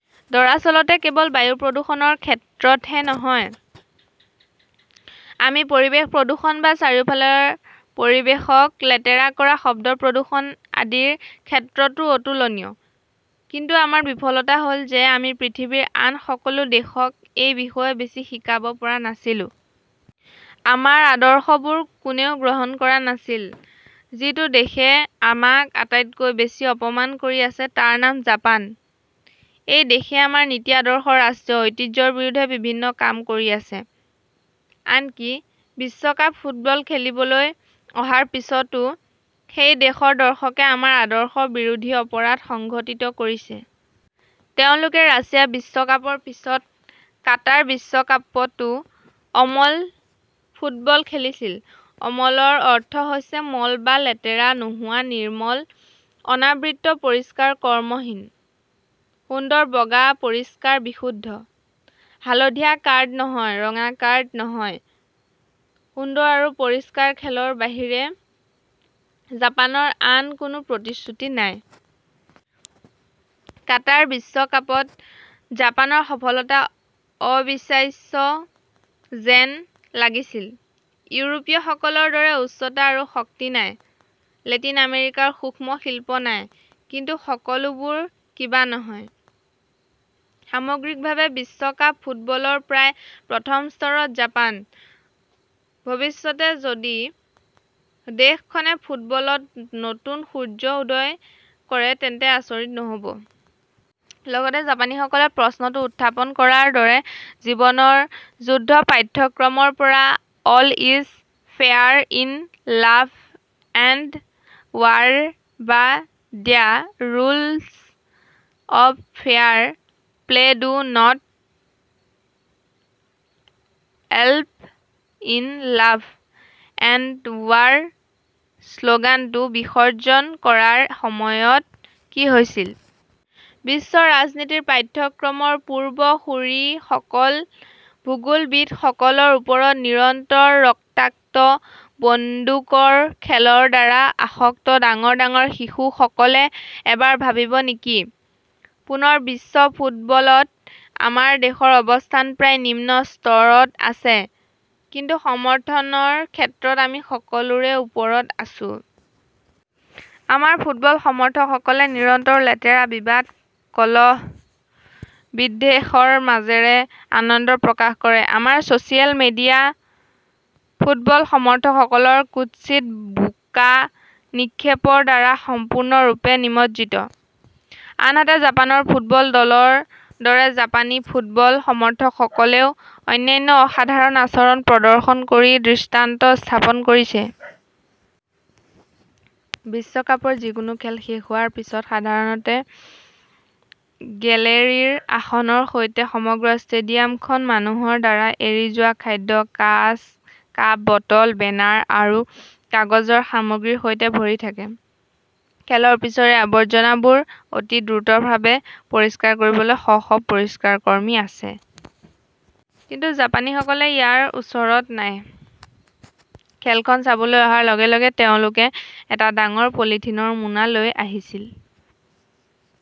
দৰাচলতে কেৱল বায়ু প্ৰদূষণৰ ক্ষেত্ৰতহে নহয়, আমি পৰিৱেশ প্ৰদূষণ বা চাৰিওফালৰ পৰিৱেশক লেতেৰা কৰা, শব্দ প্ৰদূষণ আদিৰ ক্ষেত্ৰতো অতুলনীয়। কিন্তু আমাৰ বিফলতা হ'ল যে, আমি পৃথিৱীৰ আন সকলো দেশক এই বিষয়ে বেছি শিকাব পৰা নাছিলো। আমাৰ আদৰ্শবোৰ কোনেও গ্ৰহণ কৰা নাছিল। যিটো দেশে আমাক আটাইতকৈ বেছি অপমান কৰি আছে, তাৰ নাম জাপান। এই দেশে আমাৰ নীতি, আদৰ্শ, ৰাষ্ট্ৰীয় ঐতিহ্যৰ বিৰুদ্ধে বিভিন্ন কাম কৰি আছে। আনকি বিশ্বকাপ ফুটবল খেলিবলৈ অহাৰ পিছতো সেই দেশৰ দৰ্শকে আমাৰ আদৰ্শ বিৰোধী অপৰাধ সংঘটিত কৰিছে। তেওঁলোকে ৰাছিয়া বিশ্বকাপৰ পিছত কাটাৰ বিশ্বকাপতো অমল ফুটবল খেলিছিল। অমলৰ অৰ্থ হৈছে মল বা লেতেৰা নোহোৱা-নিৰ্মল, অনাবৃত, পৰিষ্কাৰ, কৰ্মহীন। সুন্দৰ, বগা, পৰিষ্কাৰ, বিশুদ্ধ। হালধীয়া কাৰ্ড নহয়, ৰঙা কাৰ্ড নহয়। সুন্দৰ আৰু পৰিষ্কাৰ খেলৰ বাহিৰে জাপানৰ আন কোনো প্ৰতিশ্ৰুতি নাই। কাটাৰ বিশ্বকাপত জাপানৰ সফলতা অবিশ্বাস্য যেন লাগিছিল। ইউৰোপীয়সকলৰ দৰে উচ্চতা আৰু শক্তি নাই, লেটিন আমেৰিকাৰ সূক্ষ্ম শিল্প নাই, কিন্তু সকলোবোৰ কিবা নহয়। সামগ্ৰিকভাৱে, বিশ্বকাপ ফুটবলৰ প্ৰায় প্ৰথম স্তৰত জাপান। ভৱিষ্যতে যদি দেশখনে ফুটবলত নতুন সূৰ্য উদয় কৰে তেন্তে আচৰিত নহ 'ব। লগতে জাপানীসকলে প্ৰশ্নটো উত্থাপন কৰাৰ দৰে জীৱনৰ যুদ্ধৰ পাঠ্যক্ৰমৰ পৰা all is fair in love and war বা the rules of fair play do not apply in love and war শ্লোগানটো বিসৰ্জন কৰাৰ সময়ত কি হৈছিল? বিশ্ব ৰাজনীতিৰ পাঠ্যক্ৰমৰ পূৰ্বসূৰীসকল, ভূগোলবিদসকলৰ ওপৰত নিৰন্তৰ ৰক্তাক্ত বন্দুকৰ খেলৰ দ্বাৰা আসক্ত ডাঙৰ ডাঙৰ শিশুসকলে এবাৰ ভাবিব নেকি? পুনৰ বিশ্ব ফুটবলত আমাৰ দেশৰ অৱস্থান প্ৰায় নিম্ন স্তৰত আছে। কিন্তু সমৰ্থনৰ ক্ষেত্ৰত আমি সকলোৰে ওপৰত আছো। আমাৰ ফুটবল সমৰ্থকসকলে নিৰন্তৰ লেতেৰা, বিবাদ, কলহ, বিদ্বেষৰ মাজেৰে আনন্দ প্ৰকাশ কৰে। আমাৰ ছ'চিয়েল মিডিয়া ফুটবল সমৰ্থকসকলৰ কুৎসিত বোকা নিক্ষেপৰ দ্বাৰা সম্পূৰ্ণৰূপে নিমজ্জিত। আনহাতে, জাপানৰ ফুটবল দলৰ দৰে জাপানী ফুটবল সমৰ্থকসকলেও অনন্য অসাধাৰণ আচৰণ প্ৰদৰ্শন কৰি দৃষ্টান্ত স্থাপন কৰিছে। বিশ্বকাপৰ যিকোনো খেল শেষ হোৱাৰ পিছত সাধাৰণতে গেলেৰীৰ আসনৰ সৈতে সমগ্ৰ ষ্টেডিয়ামখন মানুহৰ দ্বাৰা এৰি যোৱা খাদ্য, কাঁচ, কাপ, বটল, বেনাৰ আৰু কাগজৰ সামগ্ৰীৰ সৈতে ভৰি থাকে। খেলৰ পিছৰ এই আৱৰ্জনাবোৰ অতি দ্ৰুতভাৱে পৰিষ্কাৰ কৰিবলৈ শ শ পৰিষ্কাৰ কৰ্মী আছে। কিন্তু জাপানীসকলে ইয়াৰ ওচৰত নাই। খেলখন চাবলৈ অহাৰ লগে লগে তেওঁলোকে এটা ডাঙৰ পলিথিনৰ মোনা লৈ আহিছিল।